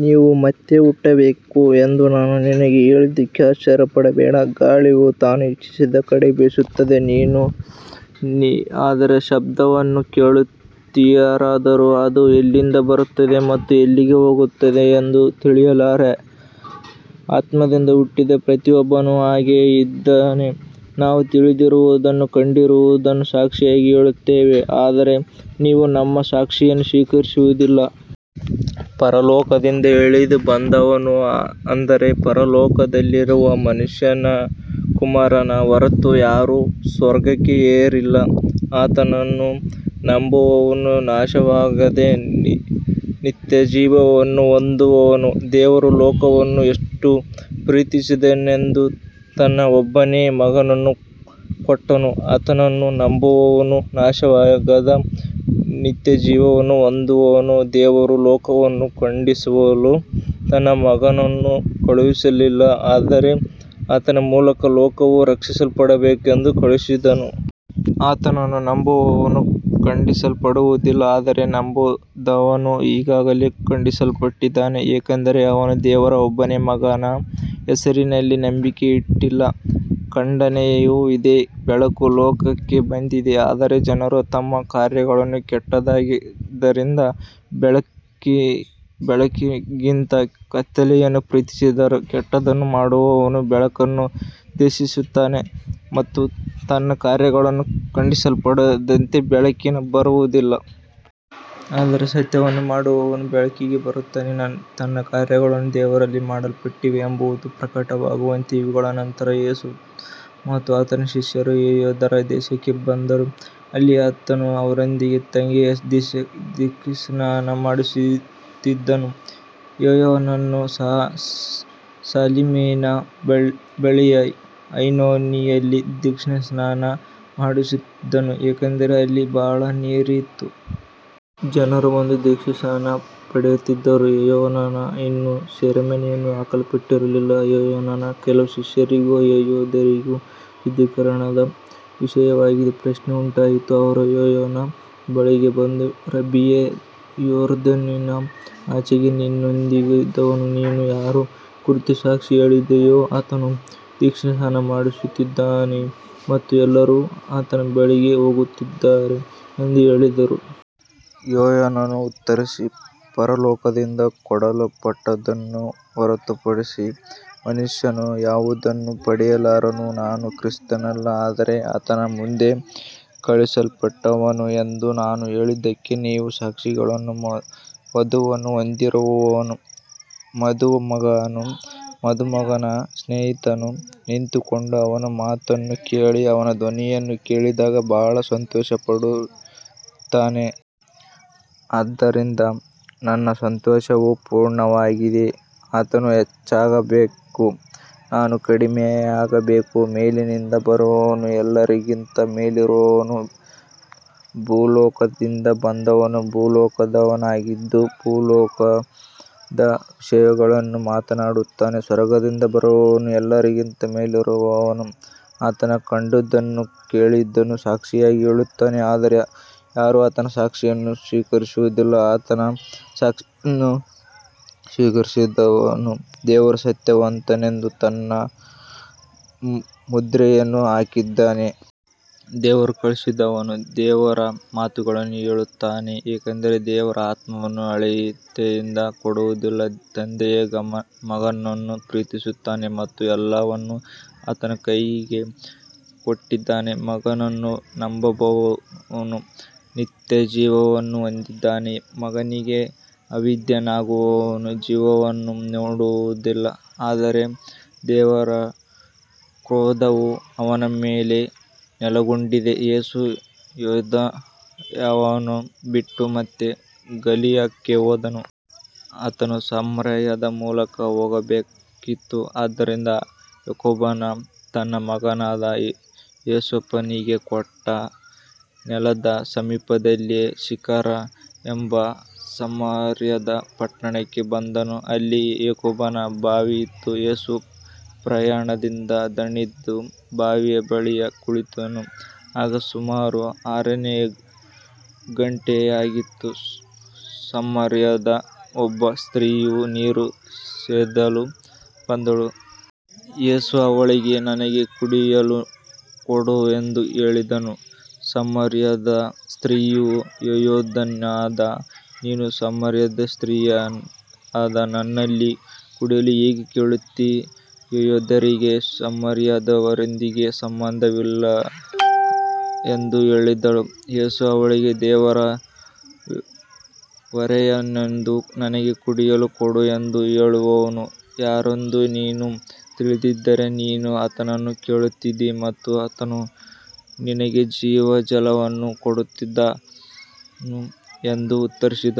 ನೀನು ಮತ್ತೆ ಹುಟ್ಟಬೇಕು ಎಂದು ನಾನು ನಿನಗೆ ಹೇಳಿದ್ದಕ್ಕೆ ಆಶ್ಚರ್ಯಪಡಬೇಡ. ಗಾಳಿಯು ತಾನು ಇಚ್ಛಿಸಿದ ಕಡೆ ಬೀಸುತ್ತದೆ. ನೀನು ಅದರ ಶಬ್ದವನ್ನು ಕೇಳುತ್ತೀಯಾದರೂ ಅದು ಎಲ್ಲಿಂದ ಬರುತ್ತದೆ ಮತ್ತು ಎಲ್ಲಿಗೆ ಹೋಗುತ್ತದೆ ಎಂದು ತಿಳಿಯಲಾರೆ. ಆತ್ಮದಿಂದ ಹುಟ್ಟಿದ ಪ್ರತಿಯೊಬ್ಬನೂ ಹಾಗೆಯೇ ಇದ್ದಾನೆ. ನಾವು ತಿಳಿದಿರುವುದನ್ನೂ ಕಂಡಿರುವುದನ್ನೂ ಸಾಕ್ಷಿಯಾಗಿ ಹೇಳುತ್ತೇವೆ, ಆದರೆ ನೀವು ನಮ್ಮ ಸಾಕ್ಷಿಯನ್ನು ಸ್ವೀಕರಿಸುವುದಿಲ್ಲ. ಪರಲೋಕದಿಂದ ಇಳಿದುಬಂದವನು, ಅಂದರೆ ಪರಲೋಕದಲ್ಲಿರುವ ಮನುಷ್ಯಕುಮಾರನ ಹೊರತು ಯಾರೂ ಸ್ವರ್ಗಕ್ಕೆ ಏರಿಲ್ಲ. ಆತನನ್ನು ನಂಬುವವನು ನಾಶವಾಗದೆ ನಿತ್ಯಜೀವವನ್ನು ಹೊಂದುವನು. ದೇವರು ಲೋಕವನ್ನು ಎಷ್ಟು ಪ್ರೀತಿಸಿದನೆಂದರೆ ತನ್ನ ಒಬ್ಬನೇ ಮಗನನ್ನು ಕೊಟ್ಟನು. ಆತನನ್ನು ನಂಬುವವನು ನಾಶವಾಗದೆ ನಿತ್ಯಜೀವವನ್ನು ಹೊಂದುವನು. ದೇವರು ಲೋಕವನ್ನು ಖಂಡಿಸಲು ತನ್ನ ಮಗನನ್ನು ಕಳುಹಿಸಲಿಲ್ಲ, ಆದರೆ ಆತನ ಮೂಲಕ ಲೋಕವು ರಕ್ಷಿಸಲ್ಪಡಬೇಕೆಂದು ಕಳುಹಿಸಿದನು. ಆತನನ್ನು ನಂಬುವವನು ಖಂಡಿಸಲ್ಪಡುವುದಿಲ್ಲ, ಆದರೆ ನಂಬದವನು ಈಗಾಗಲೇ ಖಂಡಿಸಲ್ಪಟ್ಟಿದ್ದಾನೆ, ಏಕೆಂದರೆ ಅವನು ದೇವರ ಒಬ್ಬನೇ ಮಗನ ಹೆಸರಿನಲ್ಲಿ ನಂಬಿಕೆ ಇಟ್ಟಿಲ್ಲ. ಖಂಡನೆಯು ಇದೇ, ಬೆಳಕು ಲೋಕಕ್ಕೆ ಬಂದಿದೆ, ಆದರೆ ಜನರು ತಮ್ಮ ಕಾರ್ಯಗಳು ಕೆಟ್ಟದ್ದಾಗಿದ್ದರಿಂದ ಬೆಳಕಿಗಿಂತ ಕತ್ತಲೆಯನ್ನು ಪ್ರೀತಿಸಿದರು. ಕೆಟ್ಟದ್ದನ್ನು ಮಾಡುವವನು ಬೆಳಕನ್ನು ದ್ವೇಷಿಸುತ್ತಾನೆ ಮತ್ತು ತನ್ನ ಕಾರ್ಯಗಳು ಖಂಡಿಸಲ್ಪಡದಂತೆ ಬೆಳಕಿಗೆ ಬರುವುದಿಲ್ಲ. ಆದರೆ ಸತ್ಯವನ್ನು ಮಾಡುವವನು ಬೆಳಕಿಗೆ ಬರುತ್ತಾನೆ, ತನ್ನ ಕಾರ್ಯಗಳು ದೇವರಲ್ಲಿ ಮಾಡಲ್ಪಟ್ಟಿವೆ ಎಂಬುದು ಪ್ರಕಟವಾಗುವಂತೆ. ಇವುಗಳ ನಂತರ ಯೇಸು ಮತ್ತು ಆತನ ಶಿಷ್ಯರು ಯೂದಾಯ ದೇಶಕ್ಕೆ ಬಂದರು. ಅಲ್ಲಿ ಆತನು ಅವರೊಂದಿಗೆ ತಂಗಿ ದೀಕ್ಷಾಸ್ನಾನ ಮಾಡಿಸುತ್ತಿದ್ದನು. ಯೋಹಾನನು ಸಹ ಸಾಲೀಮಿನ ಬಳಿಯ ಐನೋನಿನಲ್ಲಿ ದೀಕ್ಷಾಸ್ನಾನ ಮಾಡಿಸುತ್ತಿದ್ದನು, ಏಕೆಂದರೆ ಅಲ್ಲಿ ಬಹಳ ನೀರಿತ್ತು. ಜನರು ಬಂದು ದೀಕ್ಷಾಸ್ನಾನ ಪಡೆಯುತ್ತಿದ್ದರು. ಯೋಹಾನನು ಇನ್ನೂ ಸೆರೆಮನೆಗೆ ಹಾಕಲ್ಪಟ್ಟಿರಲಿಲ್ಲ. ಯೋಹಾನನ ಕೆಲವು ಶಿಷ್ಯರಿಗೂ ಯೆಹೂದ್ಯರಿಗೂ ಶುದ್ಧೀಕರಣದ ವಿಷಯವಾಗಿ ಪ್ರಶ್ನೆ ಉಂಟಾಯಿತು. ಅವರು ಯೋಹಾನನ ಬಳಿಗೆ ಬಂದು, ರಬ್ಬಿಯೇ, ಯೊರ್ದಾನಿನ ಆಚೆಗೆ ನಿನ್ನೊಂದಿಗಿದ್ದವನು, ನೀನು ಯಾರ ಕುರಿತು ಸಾಕ್ಷಿ ಹೇಳಿದೆಯೋ ಆತನು ದೀಕ್ಷಾಸ್ನಾನ ಮಾಡಿಸುತ್ತಿದ್ದಾನೆ ಮತ್ತು ಎಲ್ಲರೂ ಆತನ ಬಳಿಗೆ ಹೋಗುತ್ತಿದ್ದಾರೆ ಎಂದು ಹೇಳಿದರು. ಯೋಹಾನನು ಉತ್ತರಿಸಿ, ಪರಲೋಕದಿಂದ ಕೊಡಲ್ಪಟ್ಟದ್ದನ್ನು ಹೊರತುಪಡಿಸಿ ಮನುಷ್ಯನು ಯಾವುದನ್ನೂ ಪಡೆಯಲಾರನು. ನಾನು ಕ್ರಿಸ್ತನಲ್ಲ, ಆದರೆ ಆತನ ಮುಂದೆ ಕಳುಹಿಸಲ್ಪಟ್ಟವನು ಎಂದು ನಾನು ಹೇಳಿದ್ದಕ್ಕೆ ನೀವೇ ಸಾಕ್ಷಿಗಳು. ವಧುವನ್ನು ಹೊಂದಿರುವವನು ಮದುಮಗನು. ಮದುಮಗನ ಸ್ನೇಹಿತನು ನಿಂತುಕೊಂಡು ಅವನ ಮಾತನ್ನು ಕೇಳಿ ಅವನ ಧ್ವನಿಯನ್ನು ಕೇಳಿದಾಗ ಬಹಳ ಸಂತೋಷಪಡುತ್ತಾನೆ. ಆದ್ದರಿಂದ ನನ್ನ ಸಂತೋಷವು ಪೂರ್ಣವಾಗಿದೆ. ಆತನು ಹೆಚ್ಚಾಗಬೇಕು, ನಾನು ಕಡಿಮೆಯಾಗಬೇಕು. ಮೇಲಿನಿಂದ ಬರುವವನು ಎಲ್ಲರಿಗಿಂತ ಮೇಲಿರುವವನು. ಭೂಲೋಕದಿಂದ ಬಂದವನು ಭೂಲೋಕದವನಾಗಿದ್ದು ಭೂಲೋಕದ ವಿಷಯಗಳನ್ನೇ ಮಾತನಾಡುತ್ತಾನೆ. ಸ್ವರ್ಗದಿಂದ ಬರುವವನು ಎಲ್ಲರಿಗಿಂತ ಮೇಲಿರುವವನು. ಆತನು ಕಂಡದ್ದನ್ನೂ ಕೇಳಿದ್ದನ್ನೂ ಸಾಕ್ಷಿಯಾಗಿ ಹೇಳುತ್ತಾನೆ, ಆದರೆ ಯಾರೂ ಆತನ ಸಾಕ್ಷಿಯನ್ನು ಸ್ವೀಕರಿಸುವುದಿಲ್ಲ. ಆತನ ಸಾಕ್ಷಿಯನ್ನು ಸ್ವೀಕರಿಸಿದವನು ದೇವರು ಸತ್ಯವಂತನೆಂದು ತನ್ನ ಮುದ್ರೆಯನ್ನು ಹಾಕಿದ್ದಾನೆ. ದೇವರು ಕಳುಹಿಸಿದವನು ದೇವರ ಮಾತುಗಳನ್ನು ಹೇಳುತ್ತಾನೆ, ಏಕೆಂದರೆ ದೇವರು ಆತ್ಮವನ್ನು ಅಳತೆಯಿಂದ ಕೊಡುವುದಿಲ್ಲ. ತಂದೆಯು ಮಗನನ್ನು ಪ್ರೀತಿಸುತ್ತಾನೆ ಮತ್ತು ಎಲ್ಲವನ್ನೂ ಆತನ ಕೈಗೆ ಕೊಟ್ಟಿದ್ದಾನೆ. ಮಗನನ್ನು ನಂಬುವವನು ನಿತ್ಯಜೀವವನ್ನು ಹೊಂದಿದ್ದಾನೆ. ಮಗನಿಗೆ ಅವಿಧೇಯನಾಗುವವನು ಜೀವನವನ್ನು ನೋಡುವುದಿಲ್ಲ, ಆದರೆ ದೇವರ ಕ್ರೋಧವು ಅವನ ಮೇಲೆ ನೆಲೆಗೊಂಡಿದೆ. ಯೇಸು ಯೂದಾಯವನ್ನು ಬಿಟ್ಟು ಮತ್ತೆ ಗಲಿಲಾಯಕ್ಕೆ ಹೋದನು. ಆತನು ಸಮಾರ್ಯದ ಮೂಲಕ ಹೋಗಬೇಕಾಗಿತ್ತು. ಆದ್ದರಿಂದ ಯಾಕೋಬನು ತನ್ನ ಮಗನಾದ ಯೋಸೇಫನಿಗೆ ಕೊಟ್ಟ ನೆಲದ ಸಮೀಪದಲ್ಲಿದ್ದ ಸಿಖರ್ ಎಂಬ ಸಮಾರ್ಯದ ಪಟ್ಟಣಕ್ಕೆ ಬಂದನು. ಅಲ್ಲಿ ಯಾಕೋಬನ ಬಾವಿ ಇತ್ತು. ಯೇಸು ಪ್ರಯಾಣದಿಂದ ದಣಿದು ಬಾವಿಯ ಬಳಿಯಲ್ಲಿ ಕುಳಿತನು. ಆಗ ಸುಮಾರು ಆರನೆಯ ಗಂಟೆಯಾಗಿತ್ತು. ಸಮಾರ್ಯದ ಒಬ್ಬ ಸ್ತ್ರೀಯು ನೀರು ಸೇದಲು ಬಂದಳು. ಯೇಸು ಅವಳಿಗೆ, ನನಗೆ ಕುಡಿಯಲು ಕೊಡು ಎಂದು ಹೇಳಿದನು. ಸಮಾರ್ಯದ ಸ್ತ್ರೀಯು, ಯೆಹೂದ್ಯನಾದ ನೀನು ಸಮಾರ್ಯದ ಸ್ತ್ರೀಯಾದ ನನ್ನಲ್ಲಿ ಕುಡಿಯಲು ಹೇಗೆ ಕೇಳುತ್ತೀ. ಯೆಹೂದ್ಯರಿಗೆ ಸಮಾರ್ಯದವರೊಂದಿಗೆ ಸಂಬಂಧವಿಲ್ಲವಲ್ಲ ಎಂದು ಹೇಳಿದಳು. ಯೇಸು ಅವಳಿಗೆ, ದೇವರ ವರವೇನೆಂದೂ ನನಗೆ ಕುಡಿಯಲು ಕೊಡು ಎಂದು ಹೇಳುವವನು ಯಾರೆಂದೂ ನೀನು ತಿಳಿದಿದ್ದರೆ, ನೀನೇ ಆತನನ್ನು ಕೇಳುತ್ತಿದ್ದೆ ಮತ್ತು ಆತನು ನಿನಗೆ ಜೀವಜಲವನ್ನು ಕೊಡುತ್ತಿದ್ದನು ಎಂದು ಉತ್ತರಿಸಿದನು.